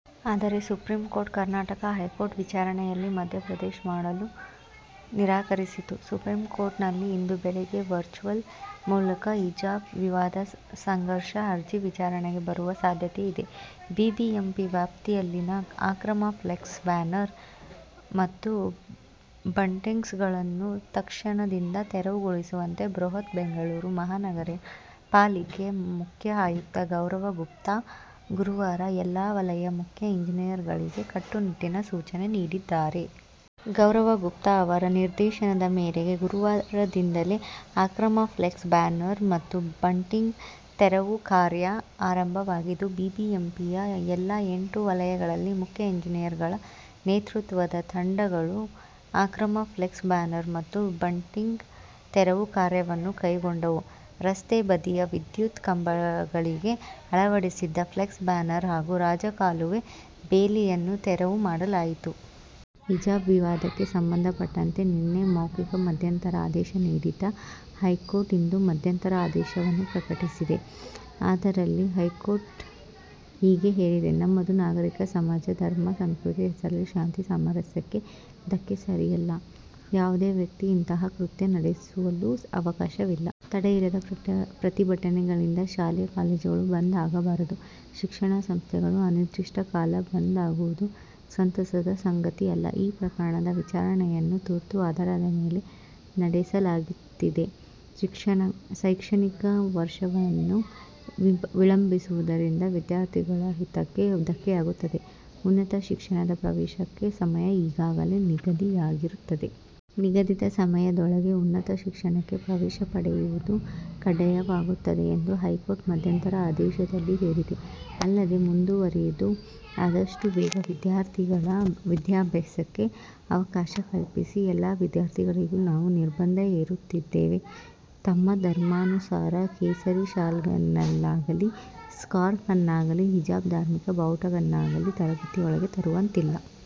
ಆದರೆ supreme court, Karnataka high court ವಿಚಾರಣೆಯಲ್ಲಿ ಮಧ್ಯೆ ಪ್ರವೇಶ ಮಾಡಲು ನಿರಾಕರಿಸಿತ್ತು. ಸುಪ್ರೀಂ ಕೋರ್ಟ್ ನಲ್ಲಿ ಇಂದು ಬೆಳಗ್ಗೆ ವರ್ಚುವಲ್ ಮೂಲಕ ಹಿಜಾಬ್ ವಿವಾದ ಸಂಘರ್ಷ ಅರ್ಜಿ ವಿಚಾರಣೆಗೆ ಬರುವ ಸಾಧ್ಯತೆಯಿದೆ. ಬಿಬಿಎಂಪಿ ವ್ಯಾಪ್ತಿಯಲ್ಲಿನ ಅಕ್ರಮ ಫ್ಲೆಕ್ಸ್ ಬ್ಯಾನರ್ ಮತ್ತು ಬಂಟಿಂಗ್ಸ್ಗಳನ್ನು ತಕ್ಷಣದಿಂದ ತೆರವುಗೊಳಿಸುವಂತೆ ಬೃಹತ್ ಬೆಂಗಳೂರು ಮಹಾನಗರ ಪಾಲಿಕೆ ಮುಖ್ಯ ಆಯುಕ್ತ ಗೌರವ್ ಗುಪ್ತಾ, ಗುರುವಾರ ಎಲ್ಲಾ ವಲಯ ಮುಖ್ಯ ಎಂಜಿನಿಯರ್ಗಳಿಗೆ ಕಟ್ಟುನಿಟ್ಟಿನ ಸೂಚನೆ ನೀಡಿದ್ದಾರೆ. ಗೌರವ್ ಗುಪ್ತಾ ಅವರ ನಿರ್ದೇಶನದ ಮೇರೆಗೆ ಗುರುವಾರದಿಂದಲೇ ಅಕ್ರಮ ಫ್ಲೆಕ್ಸ್ ಬ್ಯಾನರ್ ಮತ್ತು ಬಂಟಿಂಗ್ ತೆರವು ಕಾರ್ಯ ಆರಂಭವಾಗಿದ್ದು, ಬಿಬಿಎಂಪಿಯ ಎಲ್ಲ ಎಂಟು ವಲಯಗಳಲ್ಲಿ ಮುಖ್ಯ ಎಂಜಿನಿಯರ್ಗಳ ನೇತೃತ್ವದ ತಂಡಗಳು ಅಕ್ರಮ ಫ್ಲೆಕ್ಸ್ ಬ್ಯಾನರ್ ಮತ್ತು ಬಂಟಿಂಗ್ ತೆರವು ಕಾರ್ಯವನ್ನು ಕೈಗೊಂಡವು. ರಸ್ತೆ ಬದಿಯ ವಿದ್ಯುತ್ ಕಂಬಗಳಿಗೆ ಅಳವಡಿಸಿದ್ದ ಫ್ಲೆಕ್ಸ್ ಬ್ಯಾನರ್ ಹಾಗೂ ರಾಜಕಾಲುವೆ ಬೇಲಿಯನ್ನು ತೆರವು ಮಾಡಲಾಯಿತು. ಹಿಜಾಬ್ ವಿವಾದಕ್ಕೆ ಸಂಬಂಧಪಟ್ಟಂತೆ ನಿನ್ನೆ ಮೌಖಿಕ ಮಧ್ಯಂತರ ಆದೇಶ ನೀಡಿದ್ದ ಹೈಕೋರ್ಟ್ ಇಂದು ಮಧ್ಯಂತರ ಆದೇಶವನ್ನು ಪ್ರಕಟಿಸಿದೆ. ಅದರಲ್ಲಿ ಹೈಕೋರ್ಟ್ ಹೀಗೆ ಹೇಳಿದೆ: ನಮ್ಮದು ನಾಗರಿಕ ಸಮಾಜ. ಧರ್ಮ, ಸಂಸ್ಕೃತಿ ಹೆಸರಲ್ಲಿ ಶಾಂತಿ, ಸಾಮರಸ್ಯಕ್ಕೆ ಧಕ್ಕೆ ಸರಿಯಲ್ಲ. ಯಾವುದೇ ವ್ಯಕ್ತಿ ಇಂತಹ ಕೃತ್ಯ ನಡೆಸಲು ಅವಕಾಶವಿಲ್ಲ. ತಡೆಯಿರದ ಪ್ರತಿಭಟನೆಗಳಿಂದ ಶಾಲೆ ಕಾಲೇಜುಗಳು ಬಂದ್ ಆಗಬಾರದು. ಶಿಕ್ಷಣ ಸಂಸ್ಥೆಗಳು ಅನಿರ್ದಿಷ್ಟ ಕಾಲ ಬಂದ್ ಆಗುವುದು ಸಂತಸದ ಸಂಗತಿಯಲ್ಲ. ಈ ಪ್ರಕರಣದ ವಿಚಾರಣೆಯನ್ನು ತುರ್ತು ಆಧಾರದ ಮೇಲೆ ನಡೆಸಲಾಗುತ್ತಿದೆ. ಶೈಕ್ಷಣಿಕ ವರ್ಷವನ್ನು ವಿಳಂಬಿಸುವುದರಿಂದ ವಿದ್ಯಾರ್ಥಿಗಳ ಹಿತಕ್ಕೆ ಧಕ್ಕೆಯಾಗುತ್ತದೆ. ಉನ್ನತ ಶಿಕ್ಷಣದ ಪ್ರವೇಶಕ್ಕೆ ಸಮಯ ಈಗಾಗಲೇ ನಿಗದಿಯಾಗಿರುತ್ತದೆ. ನಿಗದಿತ ಸಮಯದೊಳಗೆ ಉನ್ನತ ಶಿಕ್ಷಣಕ್ಕೆ ಪ್ರವೇಶ ಪಡೆಯುವುದು ಕಡ್ಡಾಯವಾಗುತ್ತದೆ ಎಂದು ಹೈಕೋರ್ಟ್ ಮಧ್ಯಂತರ ಆದೇಶದಲ್ಲಿ ಹೇಳಿದೆ. ಅಲ್ಲದೆ ಮುಂದುವರಿದು, ಆದಷ್ಟು ಬೇಗ ವಿದ್ಯಾರ್ಥಿಗಳ ವಿದ್ಯಾಭ್ಯಾಸಕ್ಕೆ ಅವಕಾಶ ಕಲ್ಪಿಸಿ. ಎಲ್ಲಾ ವಿದ್ಯಾರ್ಥಿಗಳಿಗೂ ನಾವು ನಿರ್ಬಂಧ ಹೇರುತ್ತಿದ್ದೇವೆ. ತಮ್ಮ ಧರ್ಮಾನುಸಾರ ಕೇಸರಿ ಶಾಲನ್ನಾಗಲೀ, ಸ್ಕಾರ್ಫ್ ಅನ್ನಾಗಲೀ. ಹಿಜಾಬ್, ಧಾರ್ಮಿಕ ಬಾವುಟಗಳನ್ನಾಗಲೀ ತರಗತಿಯೊಳಗೆ ತರುವಂತಿಲ್ಲ.